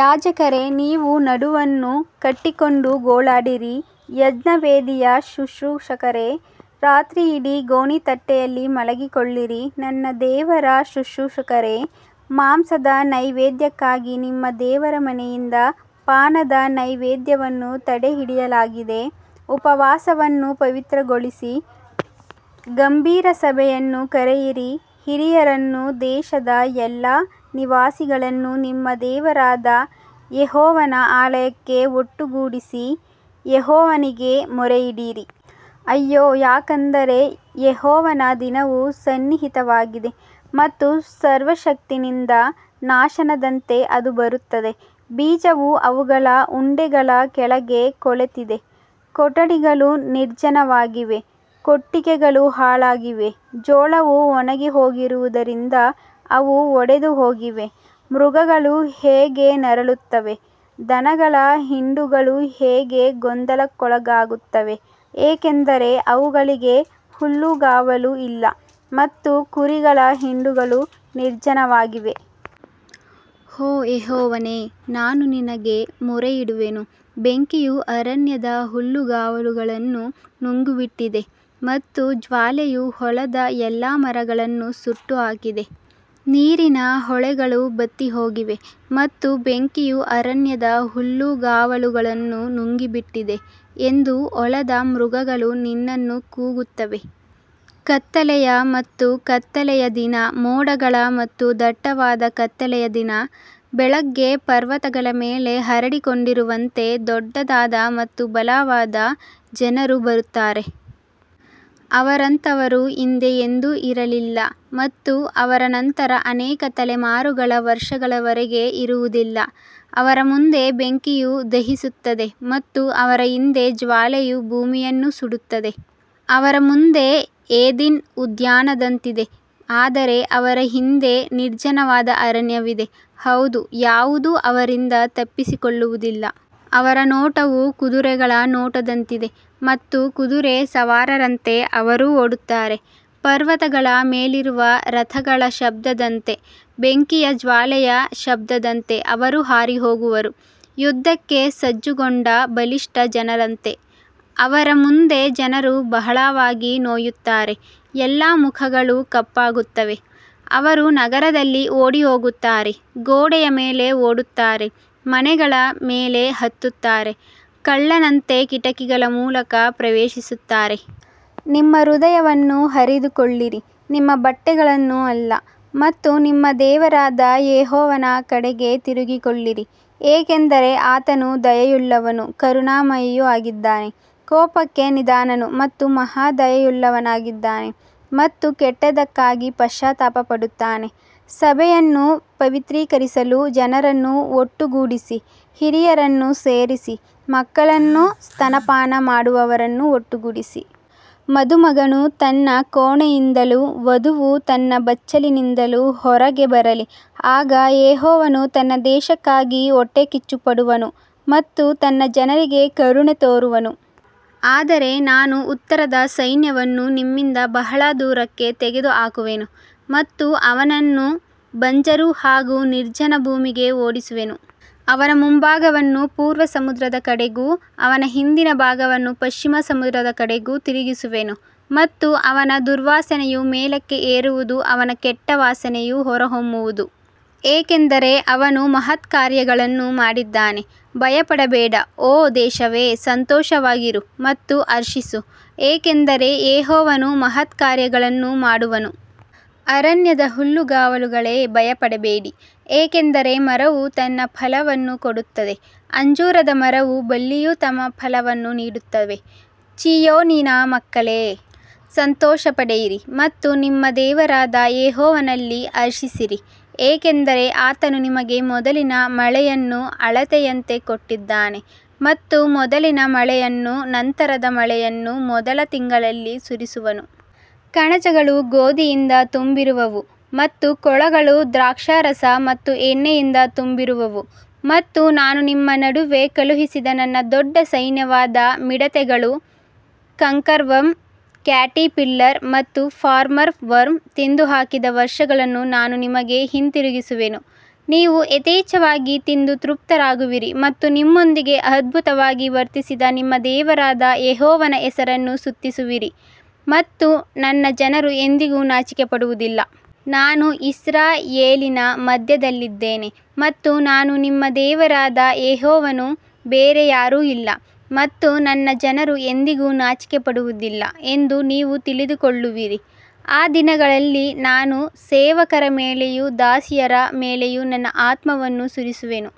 ಯಾಜಕರೇ, ನೀವು ನಡುವನ್ನು ಕಟ್ಟಿಕೊಂಡು ಗೋಳಾಡಿರಿ, ಯಜ್ಞವೇದಿಯ ಶುಶ್ರೂಷಕರೇ, ರಾತ್ರಿಯಿಡೀ ಗೋಣಿತಟ್ಟೆಯಲ್ಲಿ ಮಲಗಿಕೊಳ್ಳಿರಿ, ನನ್ನ ದೇವರ ಶುಶ್ರೂಷಕರೇ, ಮಾಂಸದ ನೈವೇದ್ಯಕ್ಕಾಗಿ ನಿಮ್ಮ ದೇವರ ಮನೆಯಿಂದ ಪಾನದ ನೈವೇದ್ಯವನ್ನು ತಡೆಹಿಡಿಯಲಾಗಿದೆ. ಉಪವಾಸವನ್ನು ಪವಿತ್ರಗೊಳಿಸಿ, ಗಂಭೀರ ಸಭೆಯನ್ನು ಕರೆಯಿರಿ, ಹಿರಿಯರನ್ನೂ ದೇಶದ ಎಲ್ಲಾ ನಿವಾಸಿಗಳನ್ನೂ ನಿಮ್ಮ ದೇವರಾದ ಯೆಹೋವನ ಆಲಯಕ್ಕೆ ಒಟ್ಟುಗೂಡಿಸಿ, ಯೆಹೋವನಿಗೆ ಮೊರೆಯಿಡಿರಿ. ಅಯ್ಯೋ, ಯಾಕಂದರೆ ಯೆಹೋವನ ದಿನವು ಸನ್ನಿಹಿತವಾಗಿದೆ ಮತ್ತು ಸರ್ವಶಕ್ತನಿಂದ ನಾಶನದಂತೆ ಅದು ಬರುತ್ತದೆ. ಬೀಜವು ಅವುಗಳ ಉಂಡೆಗಳ ಕೆಳಗೆ ಕೊಳೆತಿದೆ, ಕೊಠಡಿಗಳು ನಿರ್ಜನವಾಗಿವೆ, ಕೊಟ್ಟಿಗೆಗಳು ಹಾಳಾಗಿವೆ, ಜೋಳವು ಒಣಗಿಹೋಗಿರುವುದರಿಂದ ಅವು ಒಡೆದುಹೋಗಿವೆ. ಮೃಗಗಳು ಹೇಗೆ ನರಳುತ್ತವೆ, ದನಗಳ ಹಿಂಡುಗಳು ಹೇಗೆ ಗೊಂದಲಕ್ಕೊಳಗಾಗುತ್ತವೆ, ಏಕೆಂದರೆ ಅವುಗಳಿಗೆ ಹುಲ್ಲುಗಾವಲು ಇಲ್ಲ, ಮತ್ತು ಕುರಿಗಳ ಹಿಂಡುಗಳು ನಿರ್ಜನವಾಗಿವೆ. ಓ ಯೆಹೋವನೇ, ನಾನು ನಿನಗೆ ಮೊರೆಯಿಡುವೆನು, ಬೆಂಕಿಯು ಅರಣ್ಯದ ಹುಲ್ಲುಗಾವಲುಗಳನ್ನು ನುಂಗಿಬಿಟ್ಟಿದೆ ಮತ್ತು ಜ್ವಾಲೆಯು ಹೊಲದ ಎಲ್ಲಾ ಮರಗಳನ್ನು ಸುಟ್ಟುಹಾಕಿದೆ. ನೀರಿನ ಹೊಳೆಗಳು ಬತ್ತಿಹೋಗಿವೆ ಮತ್ತು ಬೆಂಕಿಯು ಅರಣ್ಯದ ಹುಲ್ಲುಗಾವಲುಗಳನ್ನು ನುಂಗಿಬಿಟ್ಟಿದೆ ಎಂದು ಹೊಲದ ಮೃಗಗಳು ನಿನ್ನನ್ನು ಕೂಗುತ್ತವೆ. ಕತ್ತಲೆಯ ಮತ್ತು ಕತ್ತಲೆಯ ದಿನ, ಮೋಡಗಳ ಮತ್ತು ದಟ್ಟವಾದ ಕತ್ತಲೆಯ ದಿನ, ಬೆಳಿಗ್ಗೆ ಪರ್ವತಗಳ ಮೇಲೆ ಹರಡಿಕೊಂಡಿರುವಂತೆ ದೊಡ್ಡದಾದ ಮತ್ತು ಬಲವಾದ ಜನರು ಬರುತ್ತಾರೆ. ಅವರಂತವರು ಹಿಂದೆ ಎಂದೂ ಇರಲಿಲ್ಲ ಮತ್ತು ಅವರ ನಂತರ ಅನೇಕ ತಲೆಮಾರುಗಳ ವರ್ಷಗಳವರೆಗೆ ಇರುವುದಿಲ್ಲ. ಅವರ ಮುಂದೆ ಬೆಂಕಿಯು ದಹಿಸುತ್ತದೆ ಮತ್ತು ಅವರ ಹಿಂದೆ ಜ್ವಾಲೆಯು ಭೂಮಿಯನ್ನು ಸುಡುತ್ತದೆ. ಅವರ ಮುಂದೆ ಏದೆನ್ ಉದ್ಯಾನದಂತಿದೆ, ಆದರೆ ಅವರ ಹಿಂದೆ ನಿರ್ಜನವಾದ ಅರಣ್ಯವಿದೆ, ಹೌದು, ಯಾವುದೂ ಅವರಿಂದ ತಪ್ಪಿಸಿಕೊಳ್ಳುವುದಿಲ್ಲ. ಅವರ ನೋಟವು ಕುದುರೆಗಳ ನೋಟದಂತಿದೆ ಮತ್ತು ಕುದುರೆ ಸವಾರರಂತೆ ಅವರು ಓಡುತ್ತಾರೆ. ಪರ್ವತಗಳ ಮೇಲಿರುವ ರಥಗಳ ಶಬ್ದದಂತೆ, ಬೆಂಕಿಯ ಜ್ವಾಲೆಯ ಶಬ್ದದಂತೆ ಅವರು ಹಾರಿಹೋಗುವರು, ಯುದ್ಧಕ್ಕೆ ಸಜ್ಜುಗೊಂಡ ಬಲಿಷ್ಠ ಜನರಂತೆ. ಅವರ ಮುಂದೆ ಜನರು ಬಹಳವಾಗಿ ನೋಯುತ್ತಾರೆ, ಎಲ್ಲಾ ಮುಖಗಳು ಕಪ್ಪಾಗುತ್ತವೆ. ಅವರು ನಗರದಲ್ಲಿ ಓಡಿಹೋಗುತ್ತಾರೆ, ಗೋಡೆಯ ಮೇಲೆ ಓಡುತ್ತಾರೆ, ಮನೆಗಳ ಮೇಲೆ ಹತ್ತುತ್ತಾರೆ, ಕಳ್ಳನಂತೆ ಕಿಟಕಿಗಳ ಮೂಲಕ ಪ್ರವೇಶಿಸುತ್ತಾರೆ. ನಿಮ್ಮ ಹೃದಯವನ್ನು ಹರಿದುಕೊಳ್ಳಿರಿ, ನಿಮ್ಮ ಬಟ್ಟೆಗಳನ್ನು ಅಲ್ಲ, ಮತ್ತು ನಿಮ್ಮ ದೇವರಾದ ಯೆಹೋವನ ಕಡೆಗೆ ತಿರುಗಿಕೊಳ್ಳಿರಿ, ಏಕೆಂದರೆ ಆತನು ದಯೆಯುಳ್ಳವನೂ ಕರುಣಾಮಯಿಯೂ ಆಗಿದ್ದಾನೆ, ಕೋಪಕ್ಕೆ ನಿಧಾನನು ಮತ್ತು ಮಹಾ ದಯೆಯುಳ್ಳವನಾಗಿದ್ದಾನೆ, ಮತ್ತು ಕೆಟ್ಟದ್ದಕ್ಕಾಗಿ ಪಶ್ಚಾತ್ತಾಪಪಡುತ್ತಾನೆ. ಸಭೆಯನ್ನು ಪವಿತ್ರೀಕರಿಸಲು ಜನರನ್ನು ಒಟ್ಟುಗೂಡಿಸಿ, ಹಿರಿಯರನ್ನು ಸೇರಿಸಿ, ಮಕ್ಕಳನ್ನೂ ಸ್ತನಪಾನ ಮಾಡುವವರನ್ನೂ ಒಟ್ಟುಗೂಡಿಸಿ. ಮದುಮಗನು ತನ್ನ ಕೋಣೆಯಿಂದಲೂ ವಧುವು ತನ್ನ ಬಚ್ಚಲಿನಿಂದಲೂ ಹೊರಗೆ ಬರಲಿ. ಆಗ ಯೆಹೋವನು ತನ್ನ ದೇಶಕ್ಕಾಗಿ ಹೊಟ್ಟೆಕಿಚ್ಚುಪಡುವನು ಮತ್ತು ತನ್ನ ಜನರಿಗೆ ಕರುಣೆ ತೋರುವನು. ಆದರೆ ನಾನು ಉತ್ತರದ ಸೈನ್ಯವನ್ನು ನಿಮ್ಮಿಂದ ಬಹಳ ದೂರಕ್ಕೆ ತೆಗೆದುಹಾಕುವೆನು ಮತ್ತು ಅವನನ್ನು ಬಂಜರು ಹಾಗೂ ನಿರ್ಜನ ಭೂಮಿಗೆ ಓಡಿಸುವೆನು. ಅವನ ಮುಂಭಾಗವನ್ನು ಪೂರ್ವ ಸಮುದ್ರದ ಕಡೆಗೂ ಅವನ ಹಿಂದಿನ ಭಾಗವನ್ನು ಪಶ್ಚಿಮ ಸಮುದ್ರದ ಕಡೆಗೂ ತಿರುಗಿಸುವೆನು, ಮತ್ತು ಅವನ ದುರ್ವಾಸನೆಯು ಮೇಲಕ್ಕೆ ಏರುವುದು, ಅವನ ಕೆಟ್ಟ ವಾಸನೆಯು ಹೊರಹೊಮ್ಮುವುದು, ಏಕೆಂದರೆ ಅವನು ಮಹತ್ಕಾರ್ಯಗಳನ್ನು ಮಾಡಿದ್ದಾನೆ. ಭಯಪಡಬೇಡ, ಓ ದೇಶವೇ, ಸಂತೋಷವಾಗಿರು ಮತ್ತು ಹರ್ಷಿಸು, ಏಕೆಂದರೆ ಯೆಹೋವನು ಮಹತ್ಕಾರ್ಯಗಳನ್ನು ಮಾಡುವನು. ಅರಣ್ಯದ ಹುಲ್ಲುಗಾವಲುಗಳೇ, ಭಯಪಡಬೇಡಿ, ಏಕೆಂದರೆ ಮರವು ತನ್ನ ಫಲವನ್ನು ಕೊಡುತ್ತದೆ, ಅಂಜೂರದ ಮರವೂ ಬಳ್ಳಿಯೂ ತಮ್ಮ ಫಲವನ್ನು ನೀಡುತ್ತವೆ. ಚೀಯೋನಿನ ಮಕ್ಕಳೇ, ಸಂತೋಷಪಡಿರಿ ಮತ್ತು ನಿಮ್ಮ ದೇವರಾದ ಯೆಹೋವನಲ್ಲಿ ಹರ್ಷಿಸಿರಿ, ಏಕೆಂದರೆ ಆತನು ನಿಮಗೆ ಮೊದಲಿನ ಮಳೆಯನ್ನು ಅಳತೆಯಂತೆ ಕೊಟ್ಟಿದ್ದಾನೆ ಮತ್ತು ಮೊದಲಿನ ಮಳೆಯನ್ನೂ ನಂತರದ ಮಳೆಯನ್ನೂ ಮೊದಲ ತಿಂಗಳಲ್ಲಿ ಸುರಿಸುವನು. ಕಣಜಗಳು ಗೋಧಿಯಿಂದ ತುಂಬಿರುವವು ಮತ್ತು ಕೊಳಗಳು ದ್ರಾಕ್ಷಾರಸ ಮತ್ತು ಎಣ್ಣೆಯಿಂದ ತುಂಬಿರುವವು. ಮತ್ತು ನಾನು ನಿಮ್ಮ ನಡುವೆ ಕಳುಹಿಸಿದ ನನ್ನ ದೊಡ್ಡ ಸೈನ್ಯವಾದ ಮಿಡತೆಗಳು, ಕಂಕರ್ವರ್ಮ್, ಕ್ಯಾಟರ್ಪಿಲ್ಲರ್ ಮತ್ತು ಪಾಮರ್ ವರ್ಮ್ ತಿಂದುಹಾಕಿದ ವರ್ಷಗಳನ್ನು ನಾನು ನಿಮಗೆ ಹಿಂದಿರುಗಿಸುವೆನು. ನೀವು ಯಥೇಚ್ಛವಾಗಿ ತಿಂದು ತೃಪ್ತರಾಗುವಿರಿ ಮತ್ತು ನಿಮ್ಮೊಂದಿಗೆ ಅದ್ಭುತವಾಗಿ ವರ್ತಿಸಿದ ನಿಮ್ಮ ದೇವರಾದ ಯೆಹೋವನ ಹೆಸರನ್ನು ಸ್ತುತಿಸುವಿರಿ, ಮತ್ತು ನನ್ನ ಜನರು ಎಂದಿಗೂ ನಾಚಿಕೆಪಡುವುದಿಲ್ಲ. ನಾನು ಇಸ್ರಾಯೇಲಿನ ಮಧ್ಯದಲ್ಲಿದ್ದೇನೆ ಮತ್ತು ನಾನು ನಿಮ್ಮ ದೇವರಾದ ಯೆಹೋವನು, ಬೇರೆ ಯಾರೂ ಇಲ್ಲ, ಮತ್ತು ನನ್ನ ಜನರು ಎಂದಿಗೂ ನಾಚಿಕೆಪಡುವುದಿಲ್ಲ ಎಂದು ನೀವು ತಿಳಿದುಕೊಳ್ಳುವಿರಿ. ಆ ದಿನಗಳಲ್ಲಿ ನಾನು ಸೇವಕರ ಮೇಲೆಯೂ ದಾಸಿಯರ ಮೇಲೆಯೂ ನನ್ನ ಆತ್ಮವನ್ನು ಸುರಿಸುವೆನು.